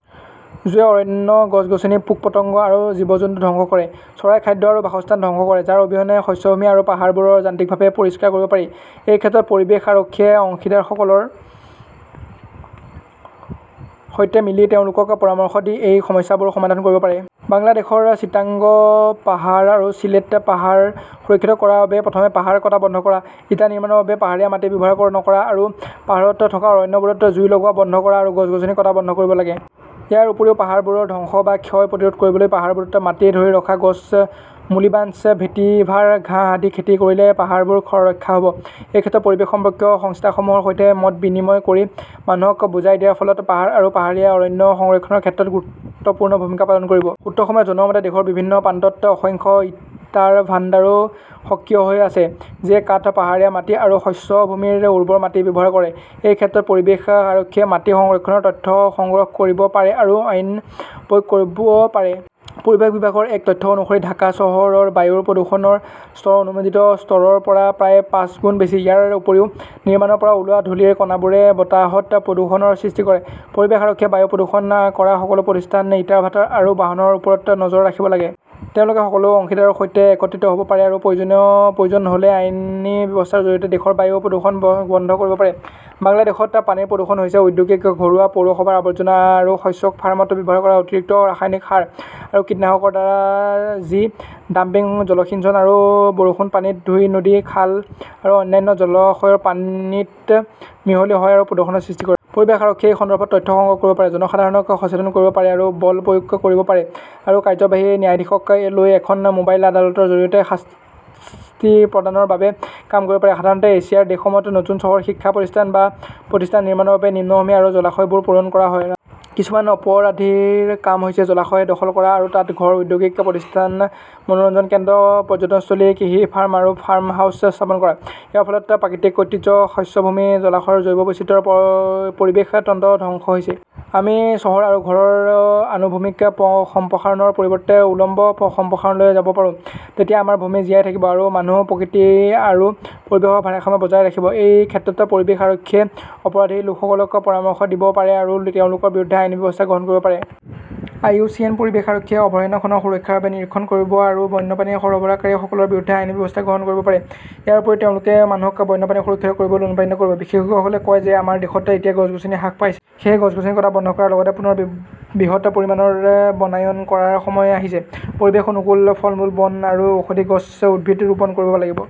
জুইয়ে অৰণ্য, গছ-গছনি, পোক-পতংগ আৰু জীৱ-জন্তু ধ্বংস কৰে, চৰাইৰ খাদ্য আৰু বাসস্থান ধ্বংস কৰে, যাৰ অবিহনে শস্যভূমি আৰু পাহাৰবোৰ যান্ত্ৰিকভাৱে পৰিষ্কাৰ কৰিব পাৰি। এই ক্ষেত্ৰত পৰিৱেশ আৰক্ষীয়ে অংশীদাৰসকলৰ সৈতে মিলি তেওঁলোকক পৰামৰ্শ দি এই সমস্যাবোৰ সমাধান কৰিব পাৰে। বাংলাদেশৰ চিটাগং পাহাৰ আৰু চিলেট পাহাৰ সুৰক্ষিত কৰাৰ বাবে প্ৰথমে পাহাৰ কটা বন্ধ কৰা, ইটা নিৰ্মাণৰ বাবে পাহাৰীয়া মাটি ব্যৱহাৰ নকৰা, আৰু পাহাৰত থকা অৰণ্যবোৰত জুই লগোৱা বন্ধ কৰা আৰু গছ-গছনি কটা বন্ধ কৰিব লাগে। ইয়াৰ উপৰিও, পাহাৰবোৰ ধ্বংস বা ক্ষয় প্ৰতিৰোধ কৰিবলৈ পাহাৰবোৰত মাটি ধৰি ৰখা গছ, মুলিবাঞ্চ, ভেটিভাৰ ঘাঁহ আদি খেতি কৰিলে পাহাৰবোৰ ৰক্ষা হ'ব। এই ক্ষেত্ৰত পৰিৱেশ সম্পৰ্কীয় সংস্থাসমূহৰ সৈতে মত বিনিময় কৰি মানুহক বুজাই দিয়াৰ ফলত পাহাৰ আৰু পাহাৰীয়া অৰণ্য সংৰক্ষণৰ ক্ষেত্ৰত গুৰুত্বপূৰ্ণ ভূমিকা পালন কৰিব। সূত্ৰসমূহে জনোৱা মতে, দেশৰ বিভিন্ন প্ৰান্তত অসংখ্য ইটাৰ ভাণ্ডাৰো সক্ৰিয় হৈ আছে, যিয়ে কাঠ, পাহাৰীয়া মাটি আৰু শস্য ভূমিৰ উৰ্বৰ মাটি ব্যৱহাৰ কৰে। এই ক্ষেত্ৰত পৰিৱেশ আৰক্ষীয়ে মাটি সংৰক্ষণৰ তথ্য সংগ্ৰহ কৰিব পাৰে আৰু আইন প্ৰয়োগ কৰিব পাৰে। পৰিৱেশ বিভাগৰ এক তথ্য অনুসৰি ঢাকা চহৰৰ বায়ুৰ প্ৰদূষণৰ স্তৰ অনুমোদিত স্তৰৰ পৰা প্ৰায় পাঁচগুণ বেছি। ইয়াৰ উপৰিও, নিৰ্মাণৰ পৰা ওলোৱা ধূলিৰ কণাবোৰে বতাহত প্ৰদূষণৰ সৃষ্টি কৰে। পৰিৱেশ আৰক্ষীয়ে বায়ু প্ৰদূষণ কৰা সকলো প্ৰতিষ্ঠান, ইটাৰ ভাটা আৰু বাহনৰ ওপৰত নজৰ ৰাখিব লাগে। তেওঁলোকে সকলো অংশীদাৰৰ সৈতে একত্ৰিত হ 'ব পাৰে আৰু প্ৰয়োজন হ' লে আইনী ব্যৱস্থাৰ জৰিয়তে দেশৰ বায়ু প্ৰদূষণ বন্ধ কৰিব পাৰে। বাংলাদেশত পানীৰ প্ৰদূষণ হৈছে ঔদ্যোগিক, ঘৰুৱা, পৌৰসভাৰ আৱৰ্জনা আৰু শস্য ফাৰ্মত ব্যৱহাৰ কৰা অতিৰিক্ত ৰাসায়নিক সাৰ আৰু কীটনাশকৰ দ্বাৰা যি ডাম্পিং, জলসিঞ্চন আৰু বৰষুণৰ পানীত ধুই নদী, খাল আৰু অন্যান্য জলাশয়ৰ পানীত মিহলি হয় আৰু প্ৰদূষণৰ সৃষ্টি কৰে। পৰিৱেশ আৰক্ষীয়ে এই সন্দৰ্ভত তথ্য সংগ্ৰহ কৰিব পাৰে, জনসাধাৰণক সচেতন কৰিব পাৰে আৰু বল প্ৰয়োগ কৰিব পাৰে আৰু কাৰ্যবাহী ন্যায়াধীশক লৈ এখন মোবাইল আদালতৰ জৰিয়তে শাস্তি প্ৰদানৰ বাবে কাম কৰিব পাৰে। সাধাৰণতে এছিয়াৰ দেশসমূহত নতুন চহৰ, শিক্ষা প্ৰতিষ্ঠান বা প্ৰতিষ্ঠান নিৰ্মাণৰ বাবে নিম্নভূমি আৰু জলাশয়বোৰ পূৰণ কৰা হয়। কিছুমান অপৰাধীৰ কাম হৈছে জলাশয় দখল কৰা আৰু তাত ঘৰ, ঔদ্যোগিক প্ৰতিষ্ঠান, মনোৰঞ্জন কেন্দ্ৰ, পৰ্যটনস্থলী, কৃষি ফাৰ্ম আৰু ফাৰ্ম হাউচ স্থাপন কৰা। ইয়াৰ ফলত প্ৰাকৃতিক ঐতিহ্য, শস্য ভূমি, জলাশয়ৰ জৈৱ বৈচিত্ৰ্য আৰু পৰিৱেশ তন্ত্ৰ ধ্বংস হৈছে। আমি চহৰ আৰু ঘৰৰ আনুভূমিক সম্প্ৰসাৰণৰ পৰিৱৰ্তে উলম্ব সম্প্ৰসাৰণলৈ যাব পাৰোঁ। তেতিয়া আমাৰ ভূমি জীয়াই থাকিব, আৰু মানুহ, প্ৰকৃতি আৰু পৰিৱেশৰ ভাৰসাম্য বজাই ৰাখিব। এই ক্ষেত্ৰত পৰিৱেশ আৰক্ষীয়ে অপৰাধী লোকসকলক পৰামৰ্শ দিব পাৰে আৰু তেওঁলোকৰ বিৰুদ্ধে আইনী ব্যৱস্থা গ্ৰহণ কৰিব পাৰে। আই. ইউ. চি. এন. পৰিৱেশ আৰক্ষীয়ে অভয়াৰণ্যখনৰ সুৰক্ষাৰ বাবে নিৰীক্ষণ কৰিব আৰু বন্যপ্ৰাণী সৰবৰাহকাৰী সকলৰ বিৰুদ্ধে আইনী ব্যৱস্থা গ্ৰহণ কৰিব পাৰে। ইয়াৰ উপৰিও তেওঁলোকে মানুহক বন্যপ্ৰাণী সুৰক্ষিত কৰিবলৈ অনুপ্ৰাণিত কৰিব। বিশেষজ্ঞসকলে কয় যে আমাৰ দেশত এতিয়া গছ-গছনি হ্ৰাস পাইছে। সেয়েহে গছ-গছনি কটা বন্ধ কৰাৰ লগতে পুনৰ বৃহৎ পৰিমাণৰ বনায়ন কৰাৰ সময় আহিছে। পৰিৱেশ অনুকূল, ফলমূল, বন আৰু ঔষধি গছৰ উদ্ভিদ ৰোপণ কৰিব লাগিব।